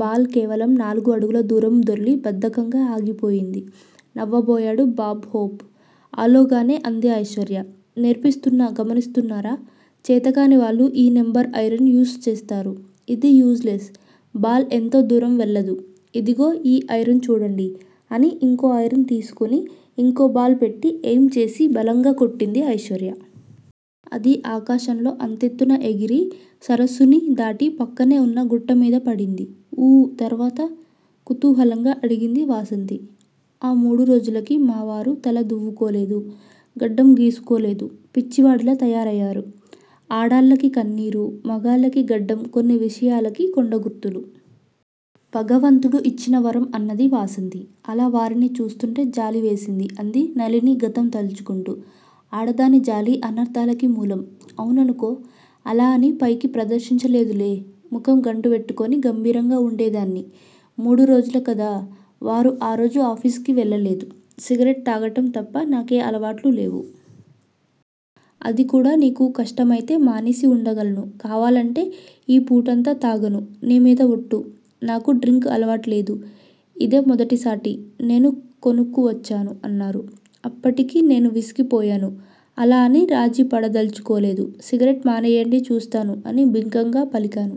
Ball కేవలం నాలుగు అడుగుల దూరం దొర్లి బద్ధకంగా ఆగిపోయింది. నవ్వబోయాడు బాబ్ హోప్. ఆలోగానే అంది ఐశ్వర్య. నేర్పిస్తున్నా గమనిస్తున్నారా చేతకాని వాళ్ళు ఈ నెంబర్ ఐరన్ యూస్ చేస్తారు. ఇది యూస్ లెస్. బాల్ ఎంతో దూరం వెళ్ళదు. ఇదిగో ఈ ఐరన్ చూడండి అని ఇంకో ఐరన్ తీసుకుని ఇంకో బాల్ పెట్టి ఎయిమ్ చేసి బలంగా కొట్టింది ఐశ్వర్య. అది ఆకాశంలో అంతెత్తున ఎగిరి సరస్సుని దాటి పక్కనే ఉన్న గుట్ట మీద పడింది. ఊ తర్వాత? కుతూహలంగా అడిగింది వాసంతి. ఆ మూడు రోజులకీ మావారు తల దువ్వుకోలేదు. గడ్డం గీసుకోలేదు. పిచ్చివాడిలా తయారయారు. ఆడాళ్ళకి కన్నీరు, మగాళ్ళకి గడ్డం కొన్ని విషయాలకి కొండ గుర్తులు. భగవంతుడు యిచ్చిన వరం అన్నది వాసంతి. అలా వారిని చూస్తుంటే జాలివేసిందే అంది నళిని గతం తలుచుకుంటూ! ఆడదాని జాలి అనర్దాలకి మూలం. అవుననుకో. అలా అని పైకి ప్రదర్శించలేదులే. ముఖం గంటువెట్టుకుని గంభీరంగా వుండేదాన్ని. మూడురోజుల కధ. వారు ఆరోజు ఆఫీసుకి వెళ్ళలేదు. సిగరెట్ తాగటం తప్ప నాకే అలవాట్లూ లేవు. అదికూడా నీకు కష్టమైతే మానేసి వుండగలను. కావాలంటే ఈ పూటంతా తాగను. నీ మీద వట్టు. నాకు డ్రింక్ అలవాటు లేదు. ఇదే మొదటిసాటి నేను కొనుక్కు వచ్చాను అన్నారు. అప్పటికి నేనూ విసిగిపోయాను, అలా అని రాజీపడదల్చుకోలేదు. సిగరెట్ మానేయండి చూస్తాను. అని బింకంగా పలికాను.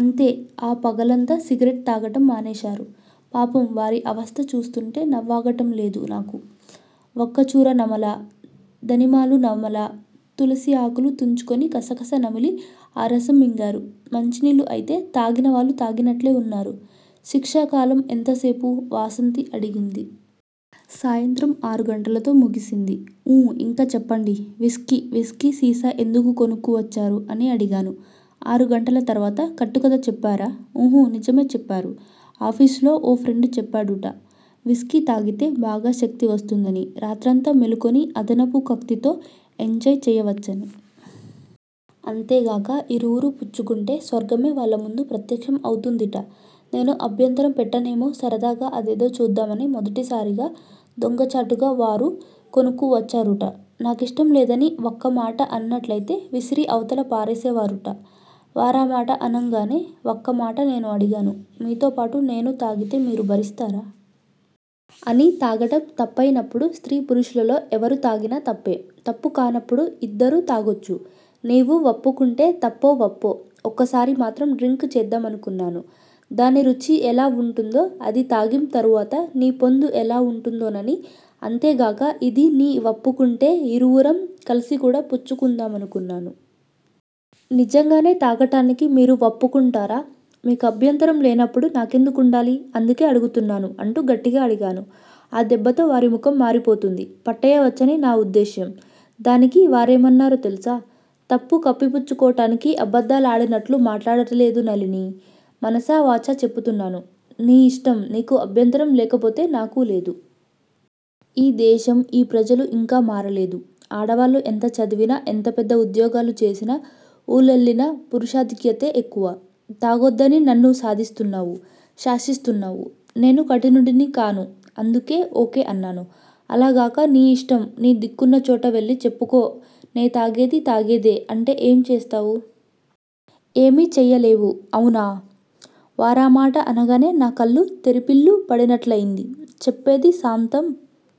అంతే ఆ పగలంతా సిగరెట్ తాగటం మానేశారు. పాపం వారి అవస్త చూస్తుంటే నవ్వాగటంలేదు నాకు. వక్కచూర నమల, ధనిమాలు నమల, తులసి ఆకులు తుంచుకొని కసకస నమిలి ఆ రసం మింగారు. మంచినీళ్ళు అయితే తాగిన వాళ్ళు తాగినట్లే వున్నారు. శిక్షాకాలం ఎంతసేపు! వాసంతి అడిగింది. సాయంత్రం ఆరుగంటలతో ముగిసింది. ఊ-యింక చెప్పండి. విస్కీ విస్కీ సీసా ఎందుకు కొనుక్కు వచ్చారు! అని అడిగాను ఆరుగంటల తర్వాత. కట్టుకధ చెప్పారా! ఉహూ, నిజమే చెప్పారు. ఆఫీసులో ఓ ఫ్రెండ్ చెప్పాడుట. విస్కీ తాగితే బాగా శక్తి వస్తుందని రాత్రంతా మేలుకొని అదనపు కక్తితో ఎంజాయ్ చేయవచ్చని. అంతేగాక యిరువురూ పుచ్చుకుంటే స్వర్గమే వాళ్ళముందు ప్రత్యక్షం అవుతుందిట. నేను అభ్యంతరం పెట్టనేమో సరదాగా అదేదో చూద్దామని మొదటిసారిగా దొంగచాటుగా వారు కొనుక్కు వచ్చారుట, నాకిష్టంలేదని వక్కమాట అన్నట్లయితే విసిరి అవతల పారేసేవారుట. వారామాట అనంగానే వక్కమాట నేను అడిగాను. మీతోపాటు నేను తాగితే మీరు భరిస్తారా! అని తాగటం తప్పయినప్పుడు స్త్రీ పురుషులలో ఎవరు తాగినా తప్పే. తప్పుకానప్పుడు యిద్దరూ తాగొచ్చు. నీవు వప్పుకుంటే తప్పోవప్పో వక్కసారి మాత్రం డ్రింక్ చేద్దామనుకున్నాను. దాని రుచి ఎలా వుంటుందో, అది తాగిం తరువాత నీపొందు ఎలా వుంటుందోనని అంతేగాక యిదీ నీ వప్పుకుంటే యిరువురం కలసికూడా పుచ్చుకుందామనుకున్నాను. నిజంగానే తాగటానికి మీరు వప్పుకుంటారా! మీకభ్యంతరం లేనప్పుడు నాకెందుకుండాలి. అందుకే అడుగుతున్నాను అంటూ గట్టిగా అడిగాను. ఆ దెబ్బతో వారి ముఖం మారిపోతుంది. పట్టేయవచ్చని నా వుద్దేశ్యం. దానికి వారేమన్నారో తెలుసా? తప్పు కప్పిపుచ్చుకోటానికి అబద్ధాలాడినట్లు మాట్లాడటలేదు నళినీ! మనసా వాచా చెపుతున్నాను. నీ యిష్టం నీకు అభ్యంతరం లేకపోతే నాకూ లేదు. ఈ దేశం ఈ ప్రజలు ఇంకా మారలేదు. ఆడవాళ్ళు ఎంత చదివినా ఎంత పెద్ద ఉద్యోగాలు చేసినా ఊళ్లేలినా పురుషాధిక్యతే ఎక్కువ. తాగొద్దని నన్ను సాధిస్తున్నావు. శాసిస్తున్నావు. నేను కఠినుడినికాను. అందుకే ఓకే అన్నాను. అలాగాక నీయిష్టం, నీ దిక్కున్నచోట వెళ్ళి చెప్పుకో నేతాగేది తాగేదే అంటే ఏం చేస్తావ్? ఏమి చెయ్యలేవు అవునా! వారామాట అనగానే నా కళ్ళు తెరిపిళ్ళు పడినట్లయింది. చెప్పేది సాంతం